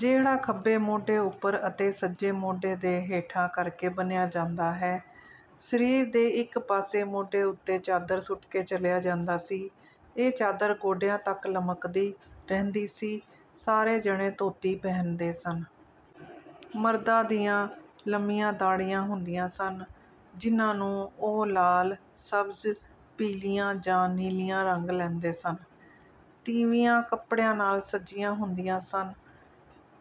ਜਿਹੜਾ ਖੱਬੇ ਮੋਢੇ ਉੱਪਰ ਅਤੇ ਸੱਜੇ ਮੋਢੇ ਦੇ ਹੇਠਾਂ ਕਰਕੇ ਬੰਨ੍ਹਿਆ ਜਾਂਦਾ ਹੈ। ਸਰੀਰ ਦੇ ਇੱਕ ਪਾਸੇ ਮੋਢੇ ਉੱਤੇ ਚਾਦਰ ਸੁੱਟ ਕੇ ਚਲਿਆ ਜਾਂਦਾ ਸੀ। ਇਹ ਚਾਦਰ ਗੋਡਿਆਂ ਤੱਕ ਲਮਕਦੀ ਰਹਿੰਦੀ ਸੀ। ਸਾਰੇ ਜਣੇ ਧੋਤੀ ਪਹਿਨਦੇ ਸਨ। ਮਰਦਾਂ ਦੀਆਂ ਲੰਮੀਆਂ ਦਾੜ੍ਹੀਆਂ ਹੁੰਦੀਆਂ ਸਨ, ਜਿਨ੍ਹਾਂ ਨੂੰ ਉਹ ਲਾਲ, ਸ਼ਬਜ਼, ਪੀਲੀਆਂ ਜਾਂ ਨੀਲੀਆਂ ਰੰਗ ਲੈਂਦੇ ਸਨ। ਤੀਵੀਆਂ ਕੱਪੜਿਆਂ ਨਾਲ ਸੱਜੀਆਂ ਹੁੰਦੀਆਂ ਸਨ।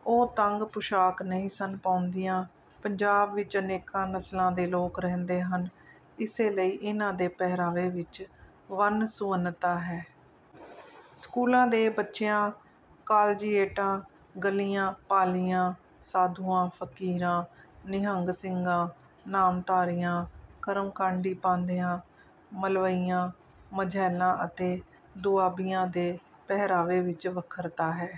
ਉਹ ਤੰਗ ਪੁਸ਼ਾਕ ਨਹੀਂ ਸਨ ਪਾਉਂਦੀਆਂ। ਪੰਜਾਬ ਵਿੱਚ ਅਨੇਕਾਂ ਨਸਲਾਂ ਦੇ ਲੋਕ ਰਹਿੰਦੇ ਹਨ, ਇਸੇ ਲਈ ਇਹਨਾਂ ਦੇ ਪਹਿਰਾਵੇ ਵਿੱਚ ਵੰਨ-ਸੁਵੰਨਤਾ ਹੈ। ਸਕੂਲਾਂ ਦੇ ਬੱਚਿਆਂ, ਕਾਲਜੀਏਟਾਂ, ਗਲੀਆਂ, ਪਾਲੀਆਂ, ਸਾਧੂਆਂ, ਫ਼ਕੀਰਾਂ, ਨਿਹੰਗ ਸਿੰਘਾਂ, ਨਾਮਧਾਰੀਆਂ, ਕਰਮਕਾਂਡੀ ਪਾਂਧਿਆਂ, ਮਲਵਈਆਂ, ਮਝੈਲਾਂ ਅਤੇ ਦੁਆਬੀਆਂ ਦੇ ਪਹਿਰਾਵੇ ਵਿੱਚ ਵੱਖਰਤਾ ਹੈ।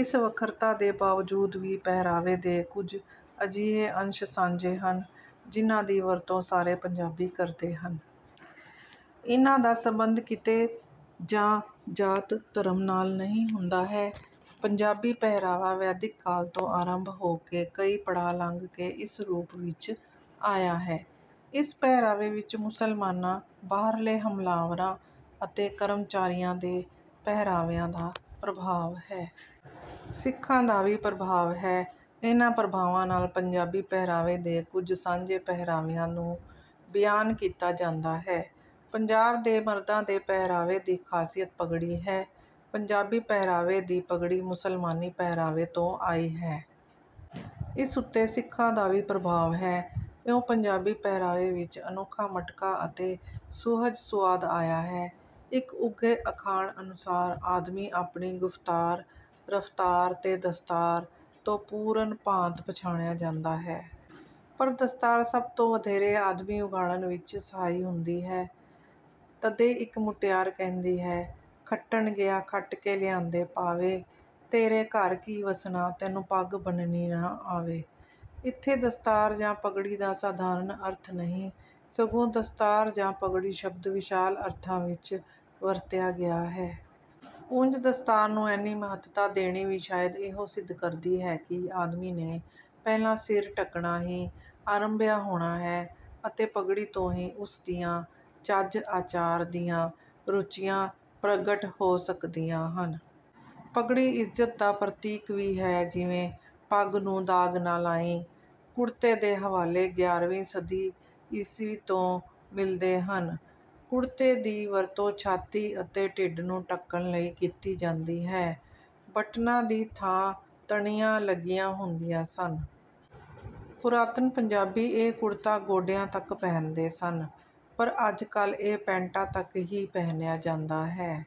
ਇਸ ਵੱਖਰਤਾ ਦੇ ਬਾਵਜੂਦ ਵੀ ਪਹਿਰਾਵੇ ਦੇ ਕੁਝ ਅਜਿਹੇ ਅੰਸ਼ ਸਾਂਝੇ ਹਨ, ਜਿਨ੍ਹਾਂ ਦੀ ਵਰਤੋਂ ਸਾਰੇ ਪੰਜਾਬੀ ਕਰਦੇ ਹਨ। ਇਹਨਾਂ ਦਾ ਸੰਬੰਧ ਕਿੱਤੇ ਜਾਂ ਜਾਤ-ਧਰਮ ਨਾਲ ਨਹੀਂ ਹੁੰਦਾ ਹੈ। ਪੰਜਾਬੀ ਪਹਿਰਾਵਾ ਵੈਦਿਕ ਕਾਲ ਤੋਂ ਆਰੰਭ ਹੋ ਕੇ ਕਈ ਪੜਾਅ ਲੰਘ ਕੇ ਇਸ ਰੂਪ ਵਿੱਚ ਆਇਆ ਹੈ। ਇਸ ਪਹਿਰਾਵੇ ਵਿੱਚ ਮੁਸਲਮਾਨਾਂ, ਬਾਹਰਲੇ ਹਮਲਾਵਰਾਂ ਅਤੇ ਕਰਮਚਾਰੀਆਂ ਦੇ ਪਹਿਰਾਵਿਆਂ ਦਾ ਪ੍ਰਭਾਵ ਹੈ। ਸਿੱਖਾਂ ਦਾ ਵੀ ਪ੍ਰਭਾਵ ਹੈ। ਇਹਨਾਂ ਪ੍ਰਭਾਵਾਂ ਨਾਲ ਪੰਜਾਬੀ ਪਹਿਰਾਵੇ ਦੇ ਕੁਝ ਸਾਂਝੇ ਪਹਿਰਾਵਿਆਂ ਨੂੰ ਬਿਆਨ ਕੀਤਾ ਜਾਂਦਾ ਹੈ। ਪੰਜਾਬ ਦੇ ਮਰਦਾਂ ਦੇ ਪਹਿਰਾਵੇ ਦੀ ਖ਼ਾਸੀਅਤ ਪੱਗੜੀ ਹੈ। ਪੰਜਾਬੀ ਪਹਿਰਾਵੇ ਦੀ ਪੱਗੜੀ ਮੁਸਲਮਾਨੀ ਪਹਿਰਾਵੇ ਤੋਂ ਆਈ ਹੈ। ਇਸ ਉੱਤੇ ਸਿੱਖਾਂ ਦਾ ਵੀ ਪ੍ਰਭਾਵ ਹੈ। ਇਉਂ ਪੰਜਾਬੀ ਪਹਿਰਾਵੇ ਵਿੱਚ ਅਨੋਖਾ ਮਟਕਾ ਅਤੇ ਸੁਹਜ-ਸੁਆਦ ਆਇਆ ਹੈ। ਇੱਕ ਉੱਘੇ ਅਖਾਣ ਅਨੁਸਾਰ, ਆਦਮੀ ਆਪਣੀ “ਗੁਫ਼ਤਾਰ, ਰਫ਼ਤਾਰ ਤੇ ਦਸਤਾਰ” ਤੋਂ ਪੂਰਨ ਭਾਂਤ ਪਛਾਣਿਆ ਜਾਂਦਾ ਹੈ। ਪਰ ਦਸਤਾਰ ਸਭ ਤੋਂ ਵਧੇਰੇ ਆਦਮੀ ਉਘਾੜਨ ਵਿੱਚ ਸਹਾਈ ਹੁੰਦੀ ਹੈ। ਤਦੇ ਇੱਕ ਮੁਟਿਆਰ ਕਹਿੰਦੀ ਹੈ: “ਖੱਟਣ ਗਿਆ ਖੱਟ ਕੇ ਲਿਆਂਦੇ ਪਾਵੇ, ਤੇਰੇ ਘਰ ਕੀ ਵੱਸਣਾ, ਤੈਨੂੰ ਪੱਗ ਬੰਨ੍ਹਣੀ ਨਾ ਆਵੇ।” ਇੱਥੇ ਦਸਤਾਰ ਜਾਂ ਪੱਗੜੀ ਦਾ ਸਾਧਾਰਣ ਅਰਥ ਨਹੀਂ, ਸਗੋਂ ਦਸਤਾਰ ਜਾਂ ਪੱਗੜੀ ਸ਼ਬਦ ਵਿਸ਼ਾਲ ਅਰਥਾਂ ਵਿੱਚ ਵਰਤਿਆ ਗਿਆ ਹੈ। ਉਂਝ ਦਸਤਾਰ ਨੂੰ ਐਨੀ ਮਹੱਤਤਾ ਦੇਣੀ ਵੀ ਸ਼ਾਇਦ ਇਹੋ ਸਿੱਧ ਕਰਦੀ ਹੈ ਕਿ ਆਦਮੀ ਨੇ ਪਹਿਲਾਂ ਸਿਰ ਢੱਕਣਾ ਹੀ ਆਰੰਭਿਆ ਹੋਣਾ ਹੈ ਅਤੇ ਪੱਗੜੀ ਤੋਂ ਹੀ ਉਸ ਦੀਆਂ ਚੱਜ-ਆਚਾਰ ਦੀਆਂ ਰੁਚੀਆਂ ਪ੍ਰਗਟ ਹੋ ਸਕਦੀਆਂ ਹਨ। ਪੱਗੜੀ ਇੱਜ਼ਤ ਦਾ ਪ੍ਰਤੀਕ ਵੀ ਹੈ, ਜਿਵੇਂ—“ਪੱਗ ਨੂੰ ਦਾਗ ਨਾ ਲਾਈਂ।” ਕੁੜਤੇ ਦੇ ਹਵਾਲੇ ਗਿਆਰਵੀਂ ਸਦੀ ਈ. ਤੋਂ ਮਿਲਦੇ ਹਨ। ਕੁੜਤੇ ਦੀ ਵਰਤੋਂ ਛਾਤੀ ਅਤੇ ਢਿੱਡ ਨੂੰ ਢੱਕਣ ਲਈ ਕੀਤੀ ਜਾਂਦੀ ਹੈ। ਬਟਨਾਂ ਦੀ ਥਾਂ ਤਣੀਆਂ ਲੱਗੀਆਂ ਹੁੰਦੀਆਂ ਸਨ। ਪੁਰਾਤਨ ਪੰਜਾਬੀ ਇਹ ਕੁੜਤਾ ਗੋਡਿਆਂ ਤੱਕ ਪਹਿਨਦੇ ਸਨ, ਪਰ ਅੱਜ-ਕੱਲ੍ਹ ਇਹ ਪੈਂਟਾਂ ਤੱਕ ਹੀ ਪਹਿਨਿਆ ਜਾਂਦਾ ਹੈ।